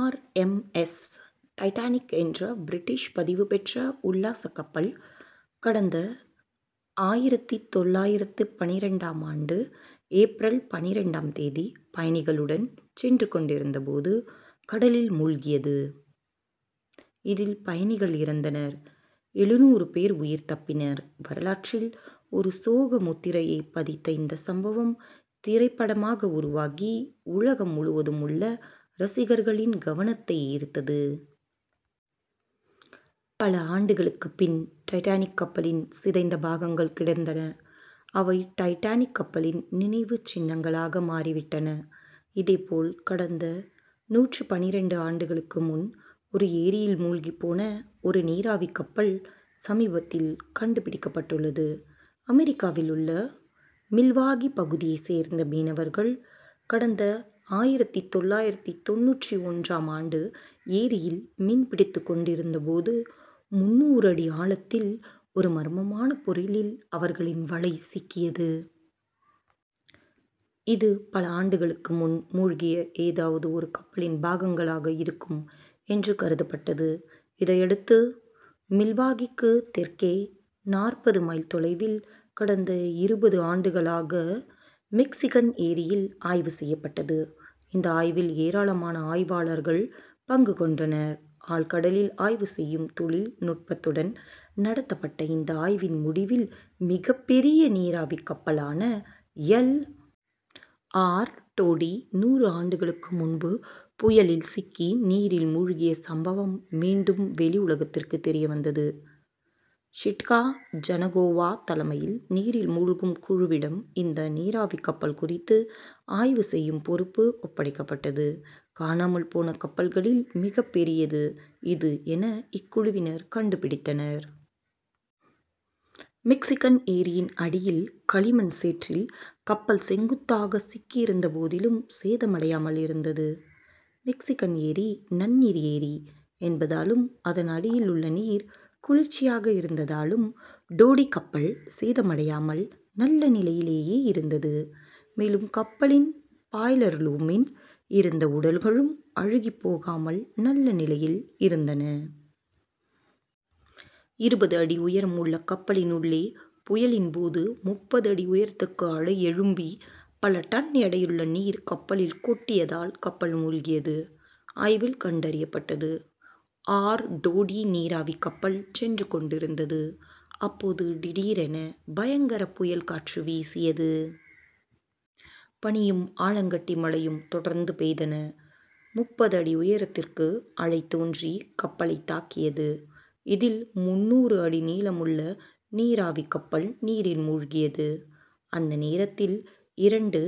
R. M. S., Titanic என்ற British பதிவு பெற்ற உல்லாசக் கப்பல், கடந்த ஆயிரத்து தொள்ளாயிரத்து பன்னிரண்டாம் ஆண்டு ஏப்ரல் பன்னிரண்டாம் தேதி பயணிகளுடன் சென்று கொண்டிருந்த போது, கடலில் மூழ்கியது. இதில் பயணிகள் இறந்தனர் எழுநூறு பேர் உயிர் தப்பினர். வரலாற்றில் ஒரு சோக முத்திரையை பதித்த இந்த சம்பவம் திரைப்படமாக உருவாகி, உலகம் முழுவதும் உள்ள ரசிகர்களின் கவனத்தை ஈர்த்தது. பல ஆண்டுகளுக்கு பின், டைட்டானிக் கப்பலின் சிதைந்த பாகங்கள் கிடைத்தன. அவை டைட்டானிக் கப்பலின் நினைவுச் சின்னங்களாக மாறிவிட்டன. இதேபோல், கடந்த நூற்று பன்னிரண்டு ஆண்டுகளுக்கு முன் ஒரு ஏரியில் மூழ்கிப்போன ஒரு நீராவிக் கப்பல் சமீபத்தில் கண்டுபிடிக்கப்பட்டுள்ளது. அமெரிக்காவில் உள்ள, மில்வாகி பகுதியைச் சேர்ந்த மீனவர்கள், கடந்த ஆயிரத்து தொள்ளாயிரத்து தொண்ணூற்று ஒன்றாம் ஆண்டு ஏரியில் மீன் பிடித்துக் கொண்டிருந்தபோது முந்நூறு அடி ஆழத்தில் ஒரு மர்மமான பொருளில் அவர்களின் வலை சிக்கியது. இது, பல ஆண்டுகளுக்கு முன் மூழ்கிய ஏதாவது ஒரு கப்பலின் பாகங்களாக இருக்கும் என்று கருதப்பட்டது. இதையடுத்து, மில்வாகிக்கு தெற்கே நாற்பது மைல் தொலைவில், கடந்த இருபது ஆண்டுகளாக மெக்சிகன் ஏரியில் ஆய்வு செய்யப்பட்டது. இந்த ஆய்வில் ஏராளமான ஆய்வாளர்கள் பங்கு கொண்டனர். ஆழ்கடலில் ஆய்வு செய்யும் தொழில் நுட்பத்துடன் நடத்தப்பட்ட இந்த ஆய்வின் முடிவில், மிகப்பெரிய நீராவிக் கப்பலான எல். ஆர். டோடி, நூறு ஆண்டுகளுக்கு முன்பு புயலில் சிக்கி நீரில் மூழ்கிய சம்பவம் மீண்டும் வெளி உலகிற்கு தெரியவந்தது. ஜிட்கா ஹனகோவா தலைமையில் நீரில் மூழ்கும் குழுவிடம் இந்த நீராவிக் கப்பல் குறித்து ஆய்வு செய்யும் பொறுப்பு ஒப்படைக்கப்பட்டது. காணாமல் போன கப்பல்களில் மிகப்பெரியது இது என இக்குழுவினர் கண்டுபிடித்தனர். மெக்சிகன் ஏரியின் அடியில் களிமண் சேற்றில் கப்பல் செங்குத்தாக சிக்கியிருந்த போதிலும் சேதமடையாமல் இருந்தது. மெக்சிகன் ஏரி நன்னீர் ஏரி என்பதாலும், அதன் அடியில் உள்ள நீர் குளிர்ச்சியாக இருந்ததாலும் டோடி கப்பல் சேதமடையாமல், நல்ல நிலையிலேயே இருந்தது. மேலும், கப்பலின் பாய்லர் ரூமில் இருந்த உடல்களும், அழுகிப் போகாமல் நல்ல நிலையில் இருந்தன. இருபது அடி உயரம் உள்ள கப்பலின் உள்ளே, புயலின் போது முப்பது அடி உயரத்திற்கு அலை எழும்பி பல டன் எடையுள்ள நீர் கப்பலில் கொட்டியதால் கப்பல் மூழ்கியது ஆய்வில் கண்டறியப்பட்டது. ஆர். டோடி நீராவிக் கப்பல் சென்று கொண்டிருந்தது. அப்போது, திடீரென பயங்கர புயல் காற்று வீசியது. பனியும், ஆலங்கட்டி மழையும் தொடர்ந்து பெய்தன. முப்பது அடி உயரத்திற்கு அலை தோன்றி கப்பலை தாக்கியது. இதில் முந்நூறு அடி நீளமுள்ள நீராவிக் கப்பல் நீரில் மூழ்கியது. அந்த நேரத்தில் இரண்டு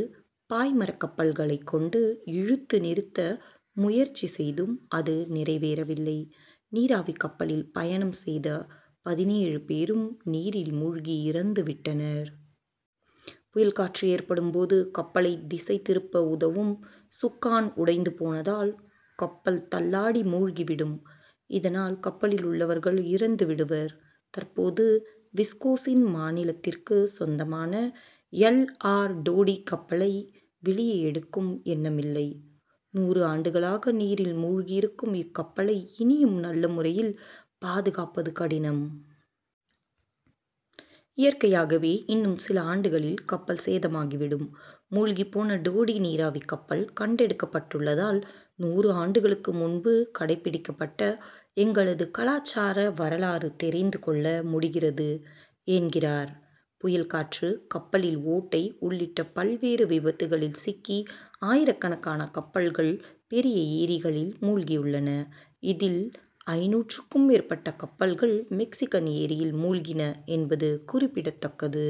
பாய்மரக்கப்பல்களை கொண்டு இழுத்து நிறுத்த முயற்சி செய்தும் அது நிறைவேறவில்லை. நீராவிக் கப்பலில் பயணம் செய்த பதினேழு பேரும் நீரில் மூழ்கி இறந்து விட்டனர். புயல் காற்று ஏற்படும் போது கப்பலை திசை திருப்ப உதவும் சுக்கான் உடைந்து போனால் கப்பல் தள்ளாடி மூழ்கி விடும். இதனால் கப்பலில் உள்ளவர்கள் இறந்து விடுவர். தற்போது விஸ்கோசின் மாநிலத்திற்கு சொந்தமான எல். ஆர். டோடி கப்பலை வெளியே எடுக்கும் எண்ணமில்லை. நூறு ஆண்டுகளாக நீரில் மூழ்கி இருக்கும் இக்கப்பலை இனியும் நல்ல முறையில் பாதுகாப்பது கடினம். இயற்கையாகவே இன்னும் சில ஆண்டுகளில் கப்பல் சேதமாகிவிடும். மூழ்கிப்போன டோடி நீராவிக் கப்பல் கண்டுபிடிக்கப்பட்டுள்ளதால், நூறு ஆண்டுகளுக்கு முன்பு கடைபிடிக்கப்பட்ட எங்களது கலாசார வரலாறு தெரிந்து கொள்ள முடிகிறது என்கிறார். புயல் காற்று, கப்பலில் ஓட்டை உள்ளிட்ட பல்வேறு விபத்துக்களில் சிக்கி ஆயிரக்கணக்கான கப்பல்கள் பெரிய ஏரிகளில் மூழ்கியுள்ளன. இதில் ஐந்நூறுக்கும் மேற்பட்ட கப்பல்கள் மெக்சிகன் ஏரியில் மூழ்கின என்பது குறிப்பிடத்தக்கது.